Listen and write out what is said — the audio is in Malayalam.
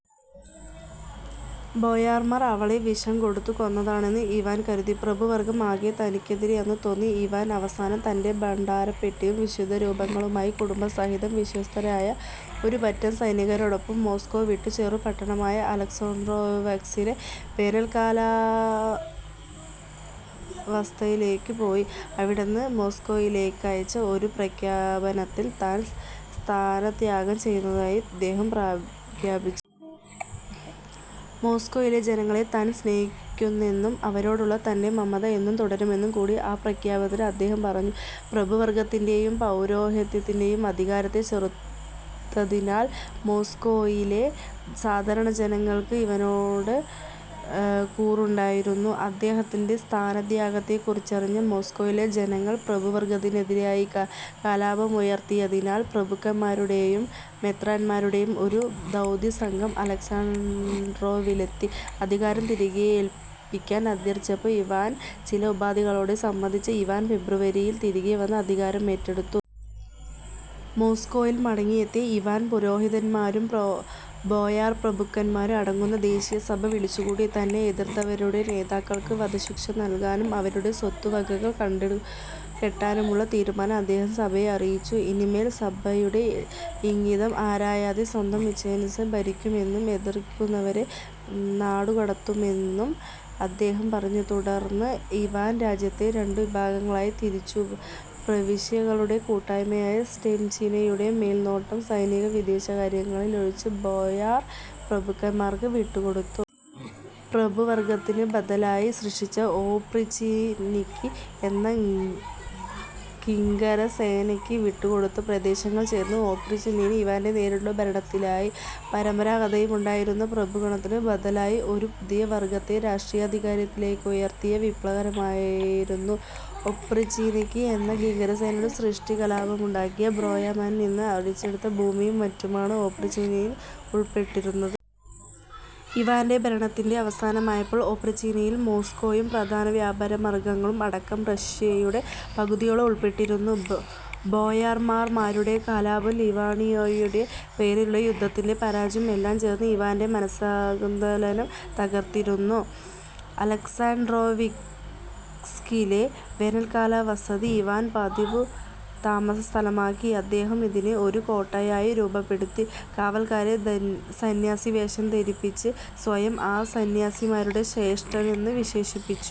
ബോയാർമാർ അവളെ വിഷം കൊടുത്തു കൊന്നതാണെന്ന് ഇവാൻ കരുതി. പ്രഭുവർഗ്ഗം ആകെ തനിക്കെതിരായെന്നു തോന്നിയ ഇവാൻ, അവസാനം തന്റെ ഭണ്ഡാരപ്പെട്ടിയും വിശുദ്ധരൂപങ്ങളുമായി കുടുംബസഹിതം വിശ്വസ്തരായ ഒരുപറ്റം സൈനികരോടൊപ്പം മോസ്കോ വിട്ട്, ചെറുപട്ടണമായ അലക്സാണ്ഡ്രോവ്സ്കിലെ വേനൽക്കാലവസതയിലേയ്ക്കു പോയി. അവിടന്ന് മോസ്കോയിലേയ്ക്കയച്ച ഒരു പ്രഖ്യാപനത്തിൽ, താൻ സ്ഥാനത്യാഗം ചെയ്യുന്നതായി അദ്ദേഹം പ്രഖ്യാപിച്ചു. മോസ്കോയിലെ ജനങ്ങളെ താൻ സ്നേഹിക്കുന്നെന്നും അവരോടുള്ള തന്റെ മമത എന്നും തുടരുമെന്നും കൂടി ആ പ്രഖ്യാപനത്തിൽ അദ്ദേഹം പറഞ്ഞു. പ്രഭുവർഗത്തിന്റേയും പൗരോഹിത്യത്തിന്റേയും അധികാരത്തെ ചെറുത്തതിനാൽ മോസ്കോയിലെ സാധാരണജനങ്ങൾക്ക് ഇവാനോട് കൂറുണ്ടായിരുന്നു. അദ്ദേഹത്തിന്റെ സ്ഥാനത്യാഗത്തെക്കുറിച്ചറിഞ്ഞ മോസ്കോയിലെ ജനങ്ങൾ പ്രഭുവർഗ്ഗത്തിനെതിരായി കലാപമുയർത്തിയതിനാൽ, പ്രഭുക്കന്മാരുടേയും മെത്രാന്മാരുടേയും ഒരു ദൗത്യസംഘം അലക്സാണ്ഡ്രോവിലെത്തി അധികാരം തിരികെയേൽക്കാൻ അഭ്യർത്ഥിച്ചപ്പോൾ ഇവാൻ ചില ഉപാധികളോടെ സമ്മതിച്ച ഇവാൻ ഫെബ്രുവരിയിൽ തിരികെ വന്ന് അധികാരം ഏറ്റെടുത്തു. മോസ്കോയിൽ മടങ്ങിയെത്തിയ ഇവാൻ പുരോഹിതന്മാരും ബോയാർപ്രഭുക്കന്മാരും അടങ്ങുന്ന ദേശീയസഭ വിളിച്ചുകൂട്ടി. തന്നെ എതിർത്തവരുടെ നേതാക്കൾക്ക് വധശിക്ഷ നൽകാനും അവരുടെ സ്വത്തുവകകൾ കണ്ടുകെട്ടാനുമുള്ള തീരുമാനം അദ്ദേഹം സഭയെ അറിയിച്ചു. ഇനിമേൽ സഭയുടെ ഇംഗിതം ആരായാതെ സ്വന്തം ഇച്ഛയനുസരിച്ച് ഭരിക്കുമെന്നും എതിർക്കുന്നവരെ നാടുകടത്തുമെന്നും അദ്ദേഹം പറഞ്ഞു. തുടർന്ന് ഇവാൻ രാജ്യത്തെ രണ്ടു വിഭാഗങ്ങളായി തിരിച്ചു: പ്രവിശ്യകളുടെ കൂട്ടായ്മയായ സെംസ്റ്റ്ഛീന-യുടെ മേൽനോട്ടം, സൈനിക-വിദേശകാര്യങ്ങളിലൊഴിച്ച്, ബോയാർ പ്രഭുക്കന്മാർക്ക് വിട്ടുകൊടുത്തു. പ്രഭു വർഗത്തിനു ബദലായി സൃഷ്ടിച്ച ഒപ്രീച്ച്നിക്കി എന്ന കിങ്കരസേനയ്ക്ക് വിട്ടുകൊടുത്ത പ്രദേശങ്ങൾ ചേർന്ന ഒപ്രീച്ച്നീന, ഇവാന്റെ നേരിട്ടുള്ള ഭരണത്തിലായി. പരമ്പാരാഗതമായുണ്ടായിരുന്ന പ്രഭുഗണത്തിനു ബദലായി ഒരു പുതിയ വർഗ്ഗത്തെ രാഷ്ടീയാധികാരത്തിലേക്കുയർത്തിയ വിപ്ലവകരമായിരുന്നു ഒപ്രീച്ച്നിക്കി എന്ന കിങ്കരസേനയുടെ സൃഷ്ടി. കലാപമുണ്ടാക്കിയ ബോയാർമാരിൽ നിന്ന് പിടിച്ചെടുത്ത ഭൂമിയും മറ്റുമാണ് ഒപ്രീച്ച്നീനയിൽ ഉൾപ്പെട്ടിരുന്നത്. ഇവാന്റെ ഭരണത്തിന്റെ അവസാനമായപ്പോൾ, ഒപ്രീച്ച്നീനയിൽ, മോസ്കോയും, പ്രധാനവ്യാപാരമാർഗ്ഗങ്ങളും അടക്കം, റഷ്യയുടെ പകുതിയോളം ഉൾപ്പെട്ടിരുന്നു. ബോയാർമാർമാരുടെ കലാപവും, ലിവോണിയയുടെ പേരിലുള്ള യുദ്ധത്തിന്റെ പരാജയവും എല്ലാം ചേർന്ന് ഇവാന്റെ മാനസികസന്തുലനം തകർത്തിരുന്നു. അലക്സാൻഡ്രോവിസ്കിലെ വേനൽക്കാലവസതി ഇവാൻ പതിവു താമസസ്ഥലമാക്കി. അദ്ദേഹം അതിനെ ഒരു കോട്ടയായി രൂപപ്പെടുത്തി. കാവൽക്കാരെ സന്യാസിവേഷം ധരിപ്പിച്ച് സ്വയം ആ സന്യാസിമാരുടെ ശ്രേഷ്ഠനെന്ന് വിശേഷിപ്പിച്ചു.